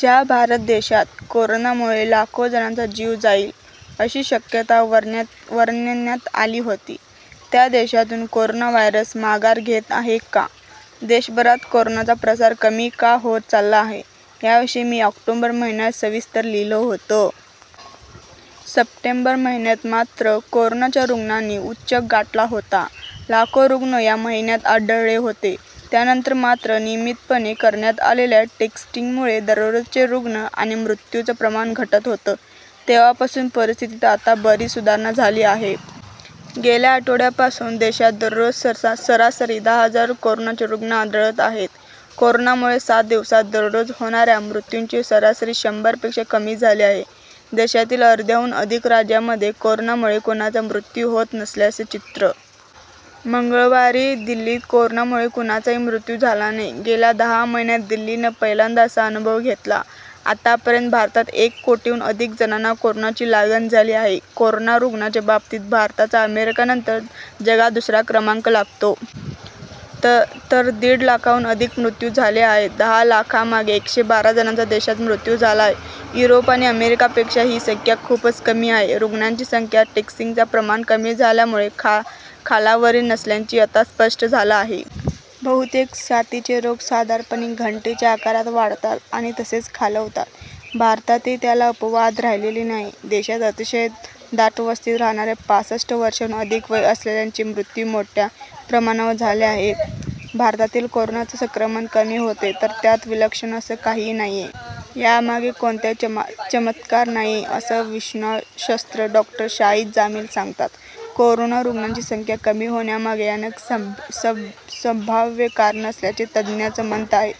ज्या भारत देशात कोरोनामुळे लाखो जणांचा जीव जाईल, अशी शक्यता वर्तवण्यात आली होती, त्या देशातून कोरोना व्हायरस माघार घेत आहे का? देशभरात कोरोनाचा प्रसार कमी का होत चालला आहे, याविषयी मी ऑक्टोबर महिन्यात सविस्तर लिहिलं होतं. सप्टेंबर महिन्यात मात्र कोरोनाच्या रुग्णांनी उच्चांक गाठला होता. लाखो रुग्ण या महिन्यात आढळले होते. त्यानंतर मात्र नियमितपणे करण्यात आलेल्या टेस्टिंगमुळे दररोजचे रुग्ण आणि मृत्यूंचं प्रमाण घटलं होतं. तेव्हापासून परिस्थितीत आता बरीच सुधारणा झाली आहे. गेल्या आठवड्यापासून देशात दररोज सरासरी दहा हजार कोरोनाचे रुग्ण आढळत आहेत. कोरोनामुळे सात दिवसांत दररोज होणाऱ्या मृत्यूंची सरासरी शंभर पेक्षा कमी झाली आहे. देशातील अर्ध्याहून अधिक राज्यांमध्ये कोरोनामुळे कुणाचा मृत्यू होत नसल्याचं चित्र आहे. मंगळवारी दिल्लीत कोरोनामुळे कुणाचाही मृत्यू झाला नाही. गेल्या दहा महिन्यांत दिल्लीनं पहिल्यांदा असा अनुभव घेतला. आतापर्यंत भारतात एक कोटींहून अधिक जणांना कोरोनाची लागण झाली आहे. कोरोना रुग्णांच्या बाबतीत भारताचा अमेरिकेनंतर जगात दुसरा क्रमांक लागतो. तर दीड लाखांहून अधिक मृत्यू झाले आहेत. दहा लाखांमागे एकशे बारा जणांचा देशात मृत्यू झाला आहे. युरोप आणि अमेरिकापेक्षा ही संख्या खूपच कमी आहे. रुग्णांची संख्या टेस्टिंगचं प्रमाण कमी झाल्यामुळे खालावली नसल्याचंही आता स्पष्ट झालं आहे. बहुतेक साथीचे रोग साधारणपणे घंटीच्या आकारात वाढतात आणि तसेच खालावतात. भारतही त्याला अपवाद राहिलेला नाही. देशात अतिशय दाटवस्तीत राहणाऱ्या पासष्ट वर्षांहून अधिक वय असलेल्यांचे मृत्यू मोठ्या प्रमाणावर झाले आहेत. भारतातील कोरोनाचं संक्रमण कमी होतंय तर त्यात विलक्षण असं काही नाहीये. यामागे कोणताही चमत्कार नाहीये, असं विषाणूशास्त्रज्ञ डॉ. शाहीद जामील सांगतात. कोरोना रुग्णांची संख्या कमी होण्यामागे अनेक संभाव्य कारणं असल्याचं तज्ञांचं मत आहे.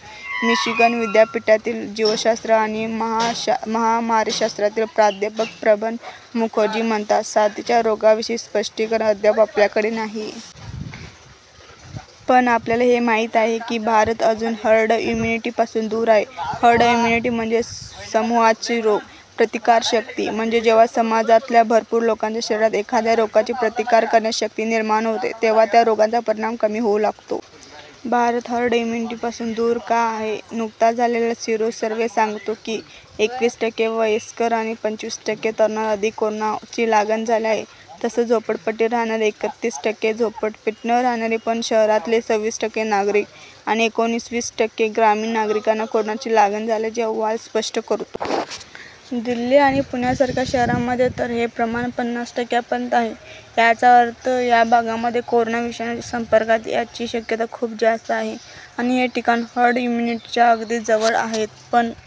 मिशिगन विद्यापीठातील जीवशास्त्र आणि महामारीशास्त्रातील प्राध्यापक भ्रमर मुखर्जी म्हणतात साथीच्या रोगाविषयीचं स्पष्टीकरण अद्याप आपल्याकडे नाहीये. पण आपल्याला हे माहिती आहे की भारत अजून हर्ड इम्यूनिटीपासून दूर आहे. हर्ड इम्युनिटी म्हणजे समूहाची रोग प्रतिकारकशक्ती. म्हणजे जेव्हा समाजातल्या भरपूर लोकांच्या शरीरात एखाद्या रोगाची प्रतिकार करण्याची शक्ती निर्माण होते, तेव्हा त्या रोगाचा परिणाम कमी होऊ लागतो. भारत हर्ड इम्यूनिटीपासून दूर का आहे? नुकताच झालेला सिरो सर्व्हे सांगतो की, एकवीस टक्के वयस्कर आणि पंचवीस टक्के तरुणांना आधीच कोरोनाची लागण झाली आहे. तसंच झोपडपट्टीत राहणारे एकत्तीस टक्के, झोपडपट्टीत न राहणारे पण शहरातले संविस टक्के नागरिक आणि एकोणविस टक्के ग्रामीण नागरिकांना कोरोनाची लागण झाल्याचंही अहवाल स्पष्ट करतो. दिल्ली आणि पुण्यासारख्या शहरांमध्ये तर हे प्रमाण पन्नास टक्क्यांपर्यंत आहे. याचा अर्थ या भागांमध्ये कोरोना विषाणूच्या संपर्कात यायची शक्यता खूप जास्त आहे आणि ही ठिकाणं हर्ड इम्यूनिटीच्या अगदी जवळ आहेत. पण